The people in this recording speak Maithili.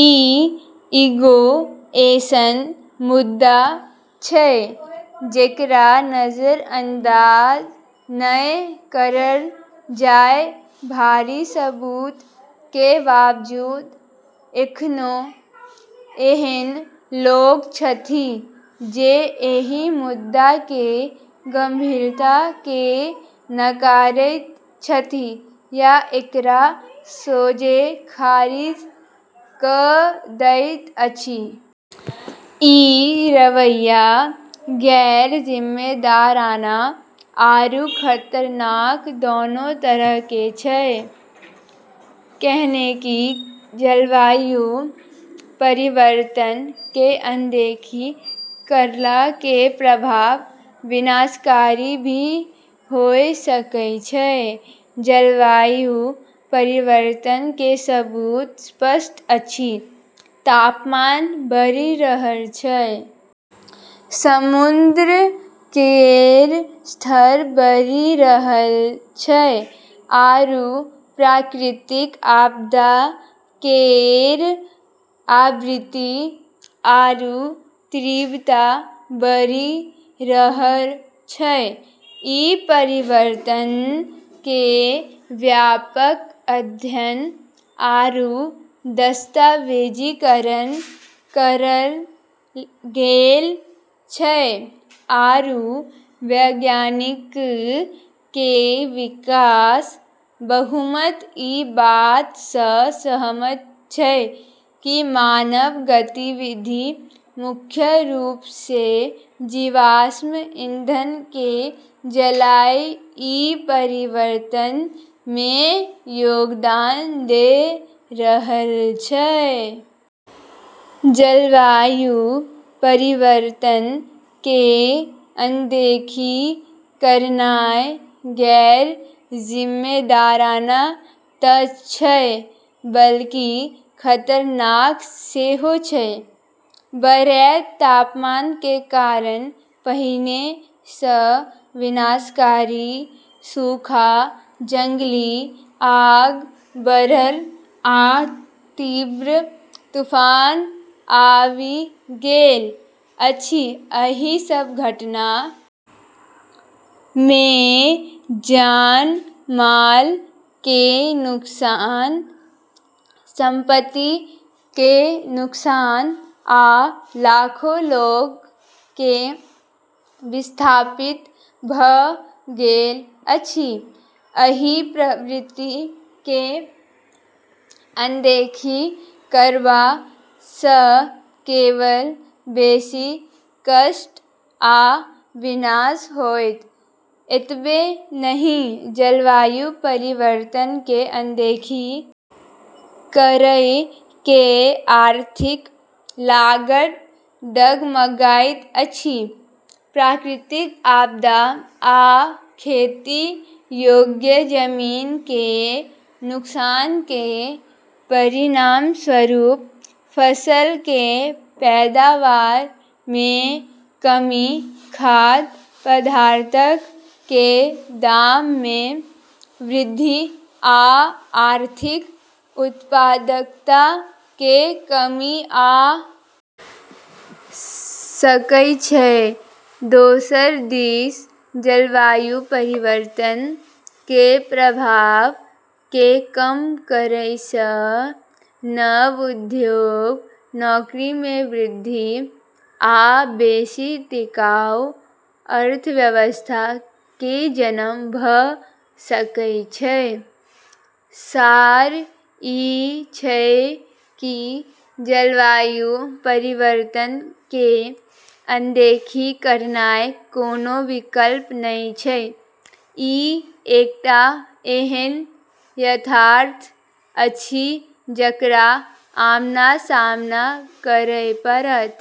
ई एगो ऐसनऽ मुद्दा छै जेकरा नजरअंदाज नै करलऽ जाय, भारी सबूत के बावजूद एखनो एहन लोक छथि जे एहि मुद्दा के गंभीरता के नकारैत छथि या एकरा सोझे खारिज क दैत छथि, ई रवैया गैर जिम्मेदाराना आरू खतरनाक दोनों तरह के छै, कैन्हेंकि जलवायु परिवर्तन के अनदेखी करला के प्रभाव विनाशकारी भी होय सकै छै, जलवायु परिवर्तन के सबूत स्पष्ट अछि, तापमान बढ़ी रहलऽ छै, समुद्र केरऽ स्तर बढ़ी रहलऽ छै आरू प्राकृतिक आपदा केरऽ आवृत्ति आरू तीव्रता बढ़ी रहलऽ छै, ई परिवर्तनऽ के व्यापक अध्ययन आरू दस्तावेजीकरण करलऽ गेलऽ छै आरू वैज्ञानिकऽ के विशाल बहुमत ई बात स॑ सहमत छै कि मानव गतिविधि मुख्य रूप से जीवाश्म ईंधन के जलाय ई परिवर्तन मे योगदान दै रहलऽ छै। जलवायु परिवर्तन के अनदेखी करनाय गैर जिम्मेदाराना त छै, बल्कि खतरनाक सेहो छै, बढ़ैत तापमान के कारण पहिने सं विनाशकारी सूखा, जंगली आग बढ़ल आ तीव्र तूफान आबि गेल अछि, एहि सब घटना मे जान-माल के नुकसान, संपत्ति के नुकसान आ लाखों लोक के विस्थापित भ गेल अछि, एहि प्रवृत्ति कै अनदेखी करबा स केवल बेसी कष्ट आ विनाश होएत, एतबे नहिं जलवायु परिवर्तन के अनदेखी करय के आर्थिक लागत डगमगाइत अछि, प्राकृतिक आपदा आ खेती योग्य जमीन कें नुकसान कें परिणामस्वरूप फसल कें पैदावार मे कमी, खाद्य पदार्थक कें दाम मे वृद्धि आ आर्थिक उत्पादकता मे कमी आ सकय छै, दोसर दिस जलवायु परिवर्तन कें प्रभाव कें कम करय सं नव उद्योग, नौकरी मे वृद्धि आ बेसि टिकाऊ अर्थव्यवस्था कें जन्म भ सकय छै, सार ई छै कि जलवायु परिवर्तन के अनदेखी करनाय कोनो विकल्प नै छै, ई एकटा एहन यथार्थ अछि जकरा आमना-सामना करय पड़त।